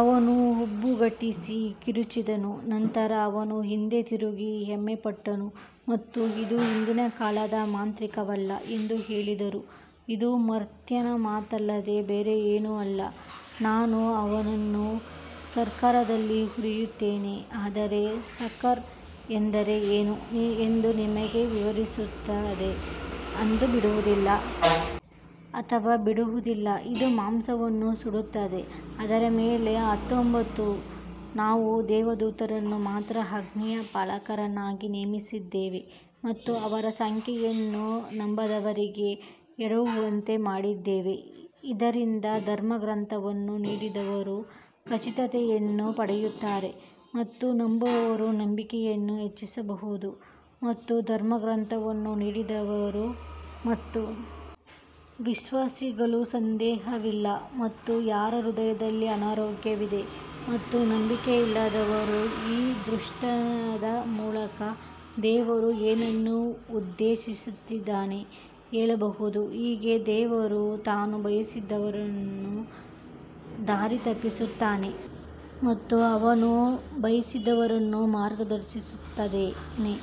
ಅವನು ಹುಬ್ಬುಗಂಟಿಸಿ ಕಿರುಚಿದನು ನಂತರ ಅವನು ಹಿಂದೆ ತಿರುಗಿ ಹೆಮ್ಮೆಪಟ್ಟನು ಮತ್ತು ಇದು ಹಿಂದಿನ ಕಾಲದ ಮಾಂತ್ರಿಕವಲ್ಲ ಎಂದು ಹೇಳಿದರು ಇದು ಮರ್ತ್ಯನ ಮಾತಲ್ಲದೆ ಬೇರೇನೂ ಅಲ್ಲ ನಾನು ಅವನನ್ನು ಸಕರ್ಾರದಲ್ಲಿ ಹುರಿಯುತ್ತೇನೆ ಆದರೆ ಸಕರ್ ಎಂದರೆ ಏನು ಎಂದು ನಿಮಗೆ ವಿವರಿಸುತ್ತದೆ ಅದು ಬಿಡುವುದಿಲ್ಲ ಅಥವಾ ಬಿಡುವುದಿಲ್ಲ ಇದು ಮಾಂಸವನ್ನು ಸುಡುತ್ತದೆ ಅದರ ಮೇಲೆ ಹತ್ತೊಂಬತ್ತು ನಾವು ದೇವದೂತರನ್ನು ಮಾತ್ರ ಅಗ್ನಿಯ ಪಾಲಕರನ್ನಾಗಿ ನೇಮಿಸಿದ್ದೇವೆ ಮತ್ತು ಅವರ ಸಂಖ್ಯೆಯನ್ನು ನಂಬದವರಿಗೆ ಎಡವುವಂತೆ ಮಾಡಿದ್ದೇವೆ, ಇದರಿಂದ ಧರ್ಮಗ್ರಂಥವನ್ನು ನೀಡಿದವರು ಖಚಿತತೆಯನ್ನು ಪಡೆಯುತ್ತಾರೆ ಮತ್ತು ನಂಬುವವರು ನಂಬಿಕೆಯನ್ನು ಹೆಚ್ಚಿಸಬಹುದು ಮತ್ತು ಧರ್ಮಗ್ರಂಥವನ್ನು ನೀಡಿದವರು ಮತ್ತು ವಿಶ್ವಾಸಿಗಳು ಸಂದೇಹವಿಲ್ಲ ಮತ್ತು ಯಾರ ಹೃದಯದಲ್ಲಿ ಅನಾರೋಗ್ಯವಿದೆ ಮತ್ತು ನಂಬಿಕೆಯಿಲ್ಲದವರು ಈ ದೃಷ್ಟಾಂತದ ಮೂಲಕ ದೇವರು ಏನನ್ನು ಉದ್ದೇಶಿಸಿದ್ದಾನೆಂದು ಹೇಳಬಹುದು ಹೀಗೆ ದೇವರು ತಾನು ಬಯಸಿದವರನ್ನು ದಾರಿ ತಪ್ಪಿಸುತ್ತಾನೆ ಮತ್ತು ಅವನು ಬಯಸಿದವರನ್ನು ಮಾರ್ಗದರ್ಶಿಸುತ್ತಾನೆ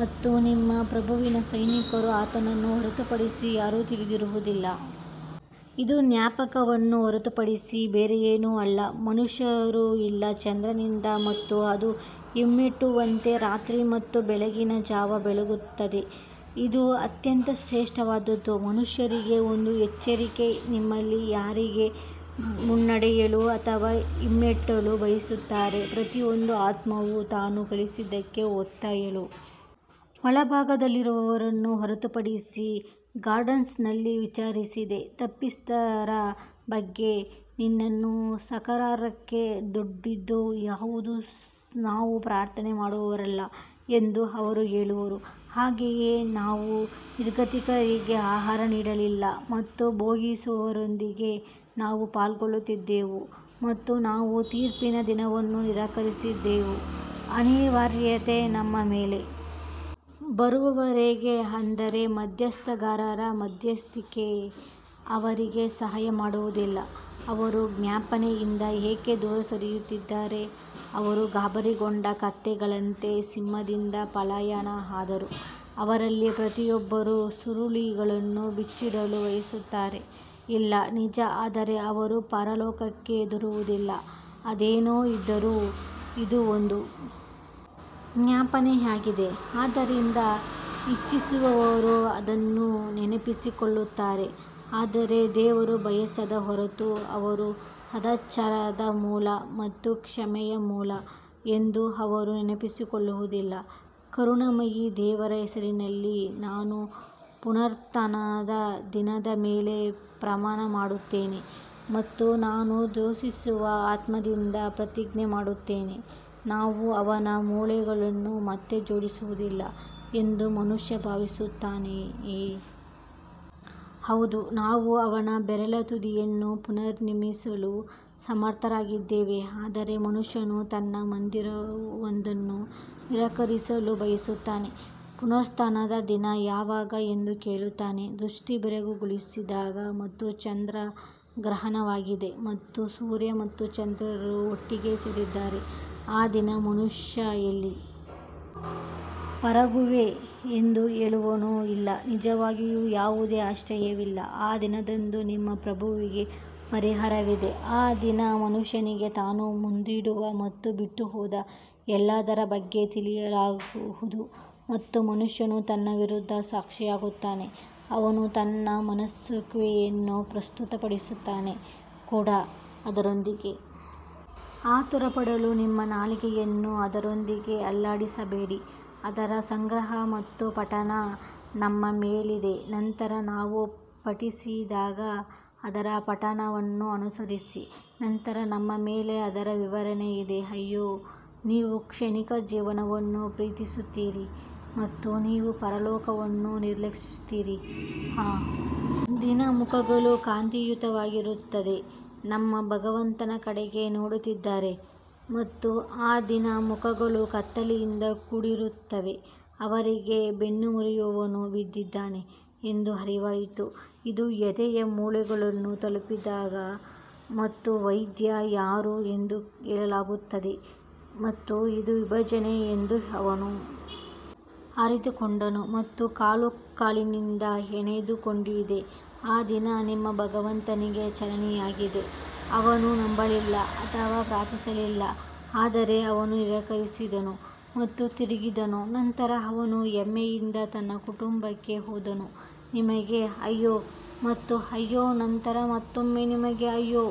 ಮತ್ತು ನಿಮ್ಮ ಪ್ರಭುವಿನ ಸೈನಿಕರು ಆತನನ್ನು ಹೊರತುಪಡಿಸಿ ಯಾರೂ ತಿಳಿದಿರುವುದಿಲ್ಲ ಇದು ಜ್ಞಾಪಕವನ್ನು ಹೊರತುಪಡಿಸಿ ಬೇರೇನೂ ಅಲ್ಲ ಮನುಷ್ಯರು ಇಲ್ಲ ಚಂದ್ರನಿಂದ ಮತ್ತು ಅದು ಹಿಮ್ಮೆಟ್ಟುವಂತೆ ರಾತ್ರಿ ಮತ್ತು ಬೆಳಗಿನ ಜಾವ ಬೆಳಗುತ್ತದೆ ಇದು ಅತ್ಯಂತ ಶ್ರೇಷ್ಠವಾದದ್ದು ಮನುಷ್ಯರಿಗೆ ಒಂದು ಎಚ್ಚರಿಕೆ ನಿಮ್ಮಲ್ಲಿ ಯಾರಿಗೆ ಮುನ್ನಡೆಯಲು ಅಥವಾ ಹಿಮ್ಮೆಟ್ಟಲು ಬಯಸುತ್ತಾರೆ ಪ್ರತಿಯೊಂದು ಆತ್ಮವೂ ತಾನು ಗಳಿಸಿದ್ದಕ್ಕೆ ಒತ್ತೆಯಾಳು ಬಲಭಾಗದಲ್ಲಿರುವವರನ್ನು ಹೊರತುಪಡಿಸಿ ಗಾರ್ಡನ್ಸ್ನಲ್ಲಿ ವಿಚಾರಿಸಿದೆ ತಪ್ಪಿತಸ್ಥರ ಬಗ್ಗೆ ನಿನ್ನನ್ನು ಸಕರ್ಾರಕ್ಕೆ ದೂಡಿದ್ದು ಯಾವುದು ನಾವು ಪ್ರಾರ್ಥನೆ ಮಾಡುವವರಲ್ಲ ಎಂದು ಅವರು ಹೇಳುವರು ಹಾಗೆಯೇ ನಾವು ನಿರ್ಗತಿಕರಿಗೆ ಆಹಾರ ನೀಡಲಿಲ್ಲ ಮತ್ತು ಭೋಗಿಸುವವರೊಂದಿಗೆ ನಾವು ಪಾಲ್ಗೊಳ್ಳುತ್ತಿದ್ದೆವು ಮತ್ತು ನಾವು ತೀರ್ಪಿನ ದಿನವನ್ನು ನಿರಾಕರಿಸುತ್ತಿದ್ದೆವು ಅನಿವಾರ್ಯತೆ ನಮ್ಮ ಮೇಲೆ ಬರುವವರೆಗೆ ಆದರೆ ಮಧ್ಯಸ್ಥಗಾರರ ಮಧ್ಯಸ್ಥಿಕೆ ಅವರಿಗೆ ಸಹಾಯ ಮಾಡುವುದಿಲ್ಲ ಅವರು ಜ್ಞಾಪನೆಯಿಂದ ಏಕೆ ದೂರ ಸರಿಯುತ್ತಿದ್ದಾರೆ ಅವರು ಗಾಬರಿಗೊಂಡ ಕತ್ತೆಗಳಂತೆ ಸಿಂಹದಿಂದ ಪಲಾಯನ ಆದರೂ ಅವರಲ್ಲಿ ಪ್ರತಿಯೊಬ್ಬರೂ ಸುರುಳಿಗಳನ್ನು ಬಿಚ್ಚಿಡಲು ಬಯಸುತ್ತಾರೆ ಇಲ್ಲ ನಿಜ ಆದರೆ ಅವರು ಪರಲೋಕಕ್ಕೆ ಹೆದರುವುದಿಲ್ಲ ಅದೇನೇ ಇದ್ದರೂ, ಇದು ಒಂದು ಜ್ಞಾಪನೆಯಾಗಿದೆ ಆದ್ದರಿಂದ ಇಚ್ಛಿಸುವವರು ಅದನ್ನು ನೆನಪಿಸಿಕೊಳ್ಳುತ್ತಾರೆ ಆದರೆ ದೇವರು ಬಯಸದ ಹೊರತು ಅವರು ಸದಾಚಾರದ ಮೂಲ ಮತ್ತು ಕ್ಷಮೆಯ ಮೂಲ ಎಂದು ಅವರು ನೆನಪಿಸಿಕೊಳ್ಳುವುದಿಲ್ಲ ಕರುಣಾಮಯಿ ದೇವರ ಹೆಸರಿನಲ್ಲಿ ನಾನು ಪುನರುತ್ಥಾನದ ದಿನದ ಮೇಲೆ ಪ್ರಮಾಣ ಮಾಡುತ್ತೇನೆ ಮತ್ತು ನಾನು ದೂಷಿಸುವ ಆತ್ಮದಿಂದ ಪ್ರತಿಜ್ಞೆ ಮಾಡುತ್ತೇನೆ ನಾವು ಅವನ ಮೂಳೆಗಳನ್ನು ಮತ್ತೆ ಜೋಡಿಸುವುದಿಲ್ಲ ಎಂದು ಮನುಷ್ಯ ಭಾವಿಸುತ್ತಾನೆಯೇ? ಹೌದು, ನಾವು ಅವನ ಬೆರಳ ತುದಿಯನ್ನು ಪುನರ್ನಿರ್ಮಿಸಲು ಸಮರ್ಥರಾಗಿದ್ದೇವೆ ಆದರೆ ಮನುಷ್ಯನು ತನ್ನ ಮುಂದಿರುವದನ್ನು ನಿರಾಕರಿಸಲು ಬಯಸುತ್ತಾನೆ ಪುನರುತ್ಥಾನದ ದಿನ ಯಾವಾಗ ಎಂದು ಕೇಳುತ್ತಾನೆ ದೃಷ್ಟಿ ಬೆರಗುಗೊಳಿಸಿದಾಗ ಮತ್ತು ಚಂದ್ರ ಗ್ರಹಣವಾಗಿದೆ ಮತ್ತು ಸೂರ್ಯ ಮತ್ತು ಚಂದ್ರರು ಒಟ್ಟಿಗೆ ಸೇರಿದ್ದಾರೆ ಆ ದಿನ ಮನುಷ್ಯ ಎಲ್ಲಿ ಪಾರಾಗುವೆ ಎಂದು ಹೇಳುವನು ಇಲ್ಲ ನಿಜವಾಗಿಯೂ ಯಾವುದೇ ಆಶ್ರಯವಿಲ್ಲ ಆ ದಿನದಂದು ನಿಮ್ಮ ಪ್ರಭುವಿಗೆ ಪರಿಹಾರವಿದೆ ಆ ದಿನ ಮನುಷ್ಯನಿಗೆ ತಾನು ಮುಂದಿಡುವ ಮತ್ತು ಬಿಟ್ಟುಹೋದ ಎಲ್ಲದರ ಬಗ್ಗೆ ತಿಳಿಸಲಾಗುವುದು ಮತ್ತು ಮನುಷ್ಯನು ತನ್ನ ವಿರುದ್ಧ ಸಾಕ್ಷಿಯಾಗುತ್ತಾನೆ ಅವನು ತನ್ನ ಮನ್ನಿಸುವಿಕೆಯನ್ನು ಪ್ರಸ್ತುತಪಡಿಸುತ್ತಾನೆ ಕೂಡ ಅದರೊಂದಿಗೆ ಆತುರಪಡಲು ನಿಮ್ಮ ನಾಲಿಗೆಯನ್ನು ಅದರೊಂದಿಗೆ ಅಲ್ಲಾಡಿಸಬೇಡಿ ಅದರ ಸಂಗ್ರಹ ಮತ್ತು ಪಠಣ ನಮ್ಮ ಮೇಲಿದೆ ನಂತರ ನಾವು ಪಠಿಸಿದಾಗ ಅದರ ಪಠಣವನ್ನು ಅನುಸರಿಸಿ ನಂತರ ನಮ್ಮ ಮೇಲೆ ಅದರ ವಿವರಣೆ ಇದೆ ಅಯ್ಯೋ, ನೀವು ಕ್ಷಣಿಕ ಜೀವನವನ್ನು ಪ್ರೀತಿಸುತ್ತೀರಿ ಮತ್ತು ನೀವು ಪರಲೋಕವನ್ನು ನಿರ್ಲಕ್ಷಿಸುತ್ತೀರಿ ಆ ದಿನ ಮುಖಗಳು ಕಾಂತಿಯುತವಾಗಿರುತ್ತದೆ ತಮ್ಮ ಭಗವಂತನ ಕಡೆಗೆ ನೋಡುತ್ತಿದ್ದಾರೆ ಮತ್ತು ಆ ದಿನ ಮುಖಗಳು ಕತ್ತಲೆಯಿಂದ ಕೂಡಿರುತ್ತವೆ ಅವರಿಗೆ ಬೆನ್ನು ಮುರಿಯುವವನು ಬಿದ್ದಿದ್ದಾನೆ ಎಂದು ಅರಿವಾಯಿತು ಇದು ಎದೆಯ ಮೂಳೆಗಳನ್ನು ತಲುಪಿದಾಗ ಮತ್ತು ವೈದ್ಯ ಯಾರು ಎಂದು ಹೇಳಲಾಗುತ್ತದೆ ಮತ್ತು ಇದು ವಿಭಜನೆ ಎಂದು ಅವನು ಅರಿತುಕೊಂಡನು ಮತ್ತು ಕಾಲು ಕಾಲಿನಿಂದ ಹೆಣೆದುಕೊಂಡಿದೆ ಆ ದಿನ ನಿಮ್ಮ ಭಗವಂತನಿಗೆ ಚಾಲನೆಯಾಗಿದೆ ಅವನು ನಂಬಲಿಲ್ಲ ಅಥವಾ ಪ್ರಾರ್ಥಿಸಲಿಲ್ಲ ಆದರೆ ಅವನು ನಿರಾಕರಿಸಿದನು ಮತ್ತು ತಿರುಗಿದನು ನಂತರ ಅವನು ಹೆಮ್ಮೆಯಿಂದ ತನ್ನ ಕುಟುಂಬಕ್ಕೆ ಹೋದನು ನಿಮಗೆ ಅಯ್ಯೋ ಮತ್ತು ಅಯ್ಯೋ ನಂತರ ಮತ್ತೊಮ್ಮೆ ನಿಮಗೆ ಅಯ್ಯೋ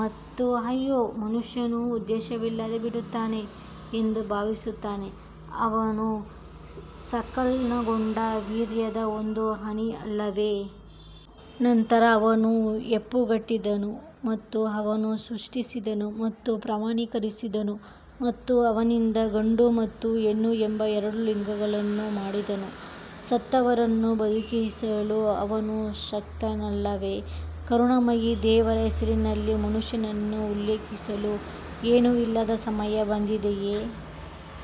ಮತ್ತು ಅಯ್ಯೋ ಮನುಷ್ಯನು ಉದ್ದೇಶವಿಲ್ಲದೆ ಬಿಡುತ್ತಾನೆ ಎಂದು ಭಾವಿಸುತ್ತಾನೆ ಅವನು ಸ್ಖಲನಗೊಂಡ ವೀರ್ಯದ ಒಂದು ಹನಿ ಅಲ್ಲವೇ? ನಂತರ ಅವನು ಹೆಪ್ಪುಗಟ್ಟಿದನು ಮತ್ತು ಅವನು ಸೃಷ್ಟಿಸಿದನು ಮತ್ತು ಪ್ರಮಾಣೀಕರಿಸಿದನು ಮತ್ತು ಅವನಿಂದ ಗಂಡು ಮತ್ತು ಹೆಣ್ಣು ಎಂಬ ಎರಡು ಲಿಂಗಗಳನ್ನು ಮಾಡಿದನು ಸತ್ತವರನ್ನು ಬದುಕಿಸಲು ಅವನು ಶಕ್ತನಲ್ಲವೇ ಕರುಣಾಮಯಿ ದೇವರ ಹೆಸರಿನಲ್ಲಿ ಮನುಷ್ಯನನ್ನು ಉಲ್ಲೇಖಿಸಲು ಏನೂ ಇಲ್ಲದ ಸಮಯ ಬಂದಿದೆಯೇ.